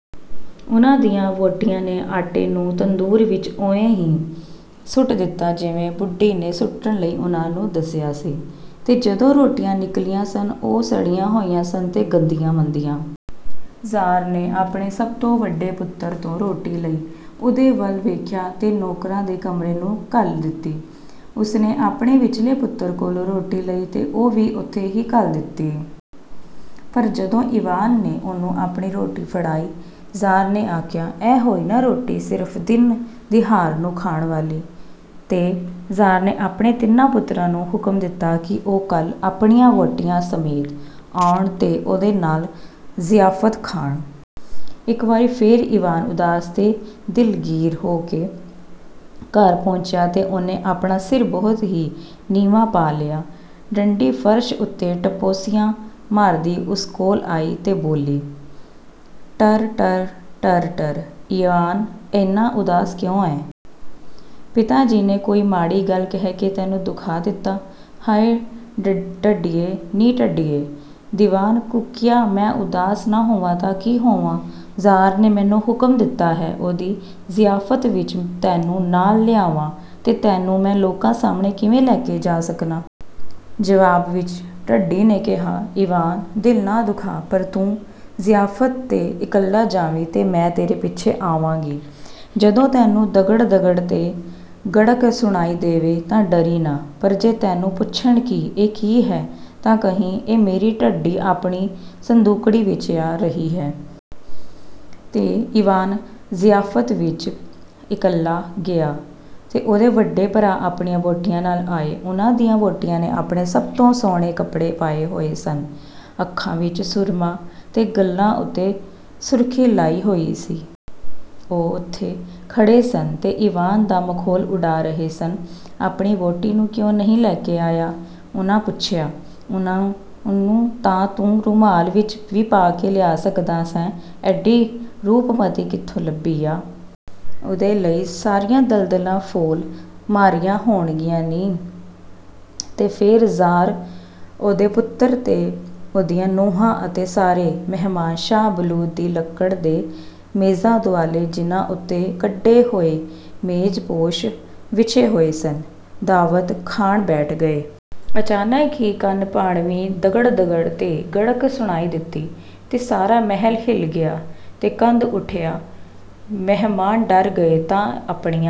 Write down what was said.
ਉਹਨਾਂ ਦੀਆਂ ਵਹੁਟੀਆਂ ਨੇ ਆਟੇ ਨੂੰ ਤੰਦੂਰ ਵਿੱਚ ਉਵੇਂ ਹੀ ਸੁੱਟ ਦਿੱਤਾ ਜਿਵੇਂ ਬੁੱਢੀ ਨੇ ਸੁੱਟਣ ਲਈ ਉਹਨਾਂ ਨੂੰ ਦੱਸਿਆ ਸੀ, ਤੇ ਜਦੋਂ ਰੋਟੀਆਂ ਨਿਕਲੀਆਂ ਸਨ, ਉਹ ਸੜੀਆਂ ਹੋਈਆਂ ਸਨ ਤੇ ਗੰਦੀਆਂ-ਮੰਦੀਆਂ। ਜ਼ਾਰ ਨੇ ਆਪਣੇ ਸਭ ਤੋਂ ਵੱਡੇ ਪੁੱਤਰ ਤੋਂ ਰੋਟੀ ਲਈ, ਉਹਦੇ ਵੱਲ ਵੇਖਿਆ ਤੇ ਨੌਕਰਾਂ ਦੇ ਕਮਰੇ ਨੂੰ ਘੱਲ ਦਿੱਤੀ। ਉਸ ਨੇ ਆਪਣੇ ਵਿਚਲੇ ਪੁੱਤਰ ਕੋਲੋਂ ਰੋਟੀ ਲਈ ਤੇ ਉਹ ਵੀ ਓਥੇ ਹੀ ਘੱਲ ਦਿੱਤੀ। ਪਰ ਜਦੋਂ ਈਵਾਨ ਨੇ ਉਹਨੂੰ ਆਪਣੀ ਰੋਟੀ ਫੜਾਈ, ਜ਼ਾਰ ਨੇ ਆਖਿਆ, "ਇਹ ਹੋਈ ਨਾ ਰੋਟੀ ਸਿਰਫ਼ ਦਿਨ-ਦਿਹਾਰ ਨੂੰ ਖਾਣ ਵਾਲੀ।"ਤੇ ਜ਼ਾਰ ਨੇ ਆਪਣੇ ਤਿੰਨਾਂ ਪੁੱਤਰਾਂ ਨੂੰ ਹੁਕਮ ਦਿੱਤਾ ਕਿ ਉਹ ਕੱਲ੍ਹ ਆਪਣੀਆਂ ਵਹੁਟੀਆਂ ਸਮੇਤ ਆਉਣ ਤੇ ਉਹਦੇ ਨਾਲ ਜ਼ਿਆਫ਼ਤ ਖਾਣ। ਇੱਕ ਵਾਰੀ ਫੇਰ ਈਵਾਨ ਉਦਾਸ ਤੇ ਦਿਲਗੀਰ ਹੋ ਕੇ ਘਰ ਪਹੁੰਚਿਆ ਤੇ ਉਹਨੇ ਆਪਣਾ ਸਿਰ ਬਹੁਤ ਹੀ ਨੀਵਾਂ ਪਾ ਲਿਆ। ਡੰਡੀ ਫ਼ਰਸ਼ ਉੱਤੇ ਟਪੋਸੀਆਂ ਮਾਰਦੀ ਉਸ ਕੋਲ ਆਈ ਤੇ ਬੋਲੀ, "ਟਰ-ਟਰ, ਟਰ-ਟਰ, ਈਵਾਨ, ਏਨਾ ਉਦਾਸ ਕਿਉਂ ਏ? ਪਿਤਾ ਜੀ ਨੇ ਕੋਈ ਮਾੜੀ ਗੱਲ ਕਹਿ ਕੇ ਤੈਨੂੰ ਦੁਖਾ ਦਿੱਤਾ। ਹਾਇ, ਢੱਡੀਏ, ਨੀ ਢੱਡੀਏ," ਈਵਾਨ ਕੂਕਿਆ। "ਮੈਂ ਉਦਾਸ ਨਾ ਹੋਵਾਂ ਤਾਂ ਕੀ ਹੋਵਾਂ? ਜ਼ਾਰ ਨੇ ਮੈਨੂੰ ਹੁਕਮ ਦਿੱਤਾ ਹੈ, ਉਹਦੀ ਜ਼ਿਆਫ਼ਤ ਵਿੱਚ ਤੈਨੂੰ ਨਾਲ ਲਿਆਵਾਂ ਤੇ ਤੈਨੂੰ ਮੈਂ ਲੋਕਾਂ ਸਾਹਮਣੇ ਕਿਵੇਂ ਲੈ ਕੇ ਜਾ ਸਕਨਾਂ। ਜਵਾਬ ਵਿੱਚ ਡੱਡੀ ਨੇ ਕਿਹਾ, ਈਵਾਨ, ਦਿਲ ਨਾ ਦੁਖਾ, ਪਰ ਤੂੰ ਜ਼ਿਆਫ਼ਤ 'ਤੇ ਇਕੱਲਾ ਜਾਵੀਂ ਤੇ ਮੈਂ ਤੇਰੇ ਪਿੱਛੇ ਆਵਾਂਗੀ। ਜਦੋਂ ਤੈਨੂੰ ਦਗੜ-ਦਗੜ ਤੇ ਗੜਕ ਸੁਣਾਈ ਦੇਵੇ, ਤਾਂ ਡਰੀਂ ਨਾ, ਪਰ ਜੇ ਤੈਨੂੰ ਪੁੱਛਣ ਕਿ ਇਹ ਕੀ ਹੈ, ਤਾਂ ਕਹੀਂ, ਇਹ ਮੇਰੀ ਡੱਡੀ ਆਪਣੀ ਸੰਦੂਕੜੀ ਵਿੱਚ ਆ ਰਹੀ ਏ।' ਤੇ ਈਵਾਨ ਜ਼ਿਆਫ਼ਤ ਵਿੱਚ ਇਕੱਲਾ ਗਿਆ ਤੇ ਉਹਦੇ ਵੱਡੇ ਭਰਾ ਆਪਣੀਆਂ ਵਹੁਟੀਆਂ ਨਾਲ ਆਏ। ਉਹਨਾਂ ਦੀਆਂ ਵਹੁਟੀਆਂ ਨੇ ਆਪਣੇ ਸਭ ਤੋਂ ਸੁਹਣੇ ਕੱਪੜੇ ਪਾਏ ਹੋਏ ਸਨ, ਅੱਖਾਂ ਵਿੱਚ ਸੁਰਮਾ ਤੇ ਗੱਲ੍ਹਾਂ ਉੱਤੇ ਸੁਰਖ਼ੀ ਲਾਈ ਹੋਈ ਸੀ। ਉਹ ਉੱਥੇ ਖੜ੍ਹੇ ਸਨ ਤੇ ਈਵਾਨ ਦਾ ਮਖੌਲ ਉਡਾ ਰਹੇ ਸਨ। ਆਪਣੀ ਵਹੁਟੀ ਨੂੰ ਕਿਉਂ ਨਹੀਂ ਲੈ ਕੇ ਆਇਆ? ਉਹਨਾਂ ਪੁੱਛਿਆ। ਉਹਨੂੰ ਤਾਂ ਤੂੰ ਰੁਮਾਲ ਵਿੱਚ ਵੀ ਪਾ ਕੇ ਲਿਆ ਸਕਦਾ ਸੈਂ। ਏਡੀ ਰੂਪਮੱਤੀ ਕਿੱਥੋਂ ਲੱਭੀ ਆ? ਉਹਦੇ ਲਈ ਸਾਰੀਆਂ ਦਲਦਲਾਂ ਫੋਲ ਮਾਰੀਆਂ ਹੋਣਗੀਆਂ ਨੀ। ਤੇ ਫੇਰ ਜ਼ਾਰ, ਉਹਦੇ ਪੁੱਤਰ ਤੇ ਉਹਦੀਆਂ ਨੂੰਹਾਂ ਅਤੇ ਸਾਰੇ ਮਹਿਮਾਨ ਸ਼ਾਹ ਬਲੂਤ ਦੀ ਲੱਕੜ ਦੇ ਮੇਜ਼ਾਂ ਦੁਆਲੇ, ਜਿਨ੍ਹਾਂ ਉੱਤੇ ਕੱਢੇ ਹੋਏ ਮੇਜ਼ਪੋਸ਼ ਵਿਛੇ ਹੋਏ ਸਨ, ਦਾਅਵਤ ਖਾਣ ਬੈਠ ਗਏ। ਅਚਾਨਕ ਹੀ ਕੰਨ-ਪਾੜਵੀਂ ਦਗੜ-ਦਗੜ ਤੇ ਗੜਕ ਸੁਣਾਈ ਦਿੱਤੀ, ਤੇ ਸਾਰਾ ਮਹਿਲ ਹਿੱਲ ਗਿਆ ਤੇ ਕੰਬ ਉਠਿਆ। ਮਹਿਮਾਨ ਡਰ ਗਏ ਤੇ ਆਪਣੀਆਂ